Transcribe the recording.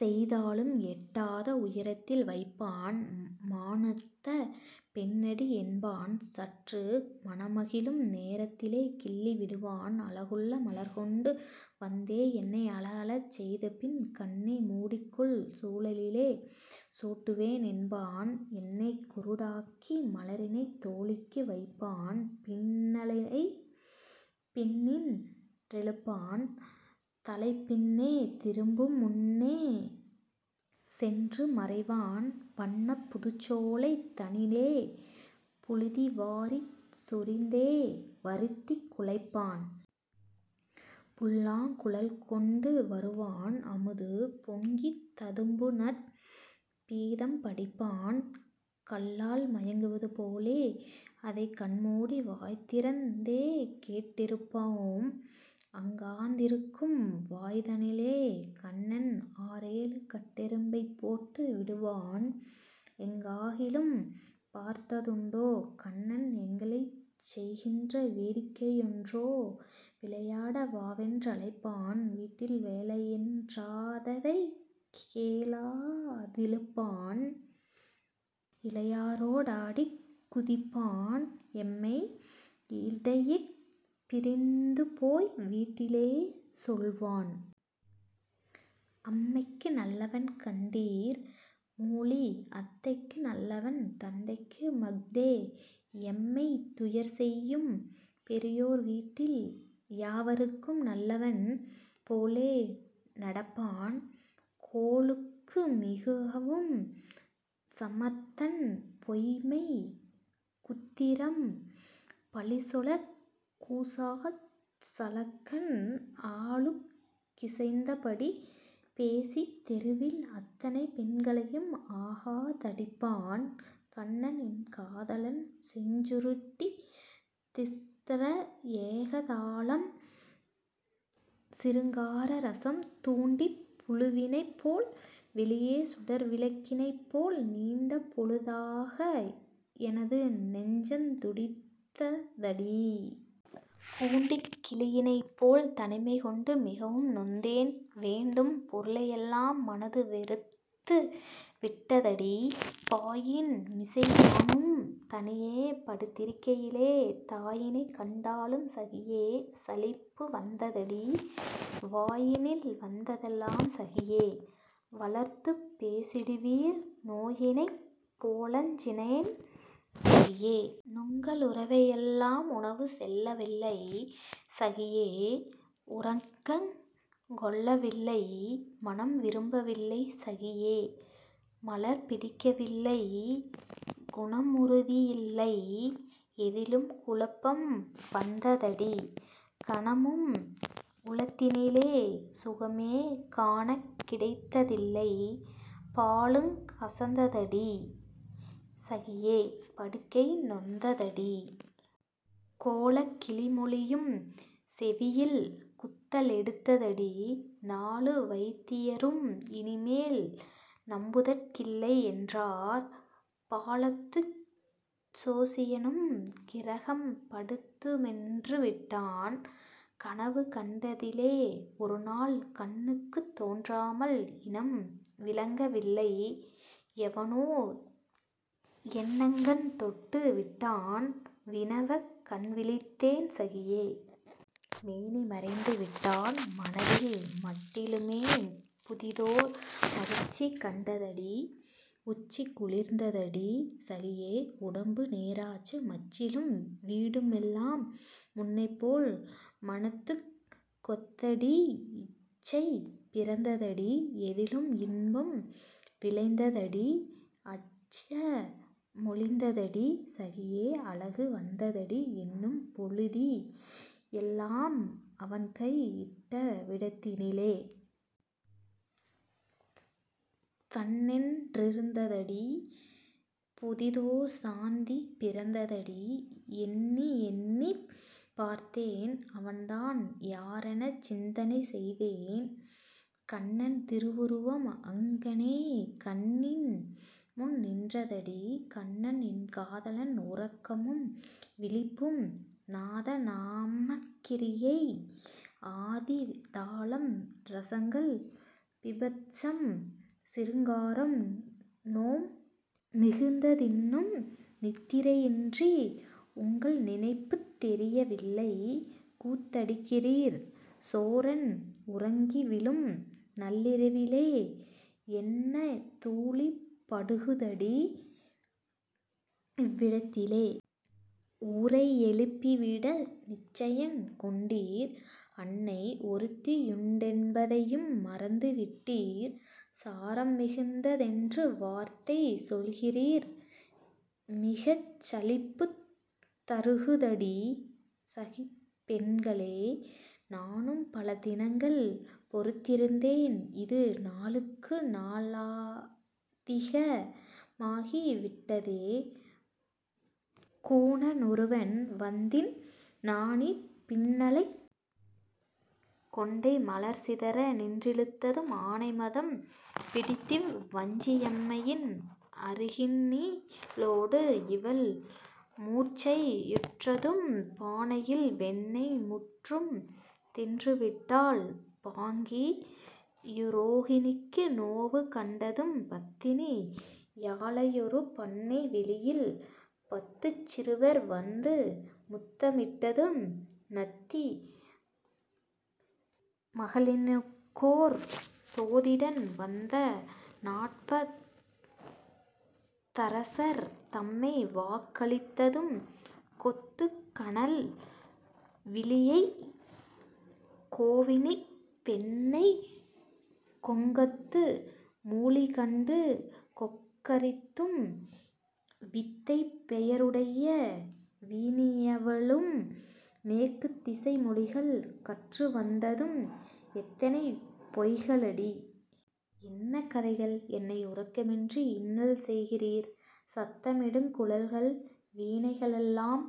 செய்தாலும் எட்டாத உயரத்தில் வைப்பான்; மானொத்த பெண்ணடி என்பான் சற்று மனமகிழும் நேரத்தி லேகிள்ளி விடுவான்; அழகுள்ள மலர்கொண்டு வந்தே என்னை அழஅழச் செய்துபின், ''கண்ணை மூடிக்கொள்; குழலிலே சூட்டுவேன்'' என்பான் என்னைக் குருடாக்கி மலரினைத் தோழிக்கு வைப்பான். பின்னலைப் பின்னின் றிழுப்பான்; தலை பின்னே திரும்புமுன் னேசென்று மறைவான்; வன்னப் புதுச்சேலை தனிலே புழுதி வாரிச் சொரிந்தே வருத்திக் குலைப்பான். புல்லாங் குழல்கொண்டு வருவான்; அமுது பொங்கித் ததும்புநற் பீதம் படிப்பான்; கள்ளால் மயங்குவது போலே அதைக் கண்மூடி வாய்திறந் தேகேட் டிருப்போம். அங்காந் திருக்கும்வாய் தனிலே கண்ணன் ஆறேழு கட்டெறும் பைப்போட்டு விடுவான்; எங்காகிலும் பார்த்த துண்டோ? கண்ணன் எங்களைச் செய்கின்ற வேடிக்கை யொன்றோ? விளையாட வாவென் றழைப்பான்; வீட்டில் வேலையென் றாலதைக் கேளா திழுப்பான்; இளையாரொ டாடிக் குதிப்பான்; எம்மை இடையிற் பிரிந்துபோய் வீட்டிலே சொல்வான். அம்மைக்கு நல்லவன் கண்டீர்! மூளி அத்தைக்கு நல்லவன், தந்தைக்கு மஃதே, எம்மைத் துயர்செய்யும் பெரியோர் வீட்டில் யாவர்க்கும் நல்லவன் போலே நடப்பான். கோளுக்கு மிகவும் சமர்த்தன்; பொய்ம்மை குத்திரம் பழிசொலக் கூசாச் சழக்கன்; ஆளுக் கிசைந்தபடி பேசித் தெருவில் அத்தனை பெண்களையும் ஆகா தடிப்பான்.. கண்ணன் என் காதலன் செஞ்சுருட்டி திஸ்ர ஏக தாளம் சிருங்கார ரசம் தூண்டிற் புழுவினைப்போல் வெளியே சுடர் விளக்கினைப் போல், நீண்ட பொழுதாக எனது நெஞ்சந் துடித்த தடீ! கூண்டுக் கிளியினைப் போல் தனிமை கொண்டு மிகவும் நொந்தேன்; வேண்டும் பொருளை யெல்லாம் மனது வெறுத்து விட்டதடீ!. பாயின் மிசை நானும் தனியே படுத் திருக்கை யிலே, தாயினைக் கண்டாலும் சகியே! சலிப்பு வந்த தடீ! வாயினில் வந்ததெல்லாம் சகியே! வளர்த்துப் பேசிடுவீர்; நோயினைப் போலஞ் சினேன்; சகியே! நுங்களுறவை யெல் லாம். உணவு செல்லவில்லை; சகியே! உறக்கங் கொள்ளவில்லை. மணம் விரும்பவில்லை; சகியே! மலர் பிடிக்க வில்லை; குண முறுதி யில்லை; எதிலும் குழப்பம் வந்த தடீ! கணமும் உளத்திலே சுகமே காணக் கிடைத்ததில்லை. பாலுங் கசந்தடீ தடீ! சகியே! படுக்கை நொந்த தடீ! கோலக் கிளிமொழியும் செவியில் குத்த லெடுத்த தடீ! நாலு வயித்தியரும் இனிமேல் நம்புதற் கில்லை யென்றார்; பாலத்துச் சோசியனும் கிரகம் படுத்து மென்று விட்டான். கனவு கண்டதிலே ஒருநாள் கண்ணுக்குத் தோன்றாமல், இனம் விளங்க வில்லை எவனோ என்னகந் தொட்டு விட்டான். வினவக் கண்விழித்தேன்; சகியே! மேனி மறைந்து விட்டான்; மனதில் மட்டிலுமே புதிதோர் மகிழ்ச்சி கண்டதடீ!. உச்சி குளிர்ந்ததடீ! சகியே! உடம்பு நேராச்சு, மச்சிலும் வீடுமெல்லாம் முன்னைப்போல் மனத்துக் கொத்தடீ! இச்சை பிறந்ததடீ! எதிலும் இன்பம் விளைளந்ததடீ! அச்ச மொழிந்ததடீ! சகியே! அழகு வந்ததடீ! எண்ணும் பொழுதி லெல்லாம் அவன்கை இட்ட விடத்தினிலே! தண்ணென் றிருந்ததடீ! புதிதோர் சாந்தி பிறந்ததடீ! எண்ணி யெண்ணிப் பார்த்தேன்; அவன்தான் யாரெனச் சிந்தை செய்தேன்; கண்ணன் திருவுருவம் அங்ஙனே கண்ணின் முன் நின்றதடீ!.. கண்ணன் என் காதலன் உறக்கமும் விழிப்பும் நாதநாமக்கிரியை ஆதி தாளம் ரசங்கள்: பீபத்ஸம், சிருங்காரம். நோம் மிகுந்ததின்னும் நித்திரையின்றி உங்கள் நினைப்புத் தெரியவில்லை, கூத்தடிக்கிறீர்; சோரன் உறங்கிவிழும் நள்ளிரவிலே என்ன தூளி படுகுதடி, இவ்விடத்திலே. ஊரை யெழுப்பிவிட நிச்சயங் கொண்டீர்! அன்னை ஒருத்தியுண் டென்பதையும் மறந்து விட்டீர்; சாரம் மிகுந்த தென்று வார்த்தை சொல்கிறீர், மிகச் சலிப்புத் தருகுதடி சகிப் பெண்களே!. நானும் பல தினங்கள் பொறுத்திருந்தேன் இது நாளுக்கு நாளதிக மாகி விட்டதே; கூன னொருவன் வந்திந் நாணி பின்னலைக் கொண்டை மலர்சிதற நின்றிழுத்ததும், ஆனைமதம் பிடித்திவ் வஞ்சி யம்மையின்; அருகினி லோட இவள் மூர்ச்சை யுற்றதும், பானையில் வெண்ணெய் முற்றும் தின்றுவிட்டதால் பாங்கி யுரோகிணிக்கு நோவு கண்டதும், பத்தினி யாளையொரு பண்ணை வெளியில் பத்துச் சிறுவர் வந்து முத்தமிட்டதும், நத்தி மகளினுக்கோர் சோதிடன் வந்து நாற்ப தரசர் தம்மை வாக்களித்ததும், கொத்துக் கனல் விழியக் கோவினிப் பெண்ணைக் கொங்கத்து மூளிகண்டு கொக்கரித்தும், வித்தைப் பெயருடைய வீணியவளும் மேற்குத் திசை மொழிகள் கற்று வந்ததும், எத்தனை பொய்களடி! என்ன கதைகள்! என்னை உறக்கமின்றி இன்னல் செய்கிறீர்! சத்தமிடுங் குழல்கள் வீணைக ளெல்லாம்।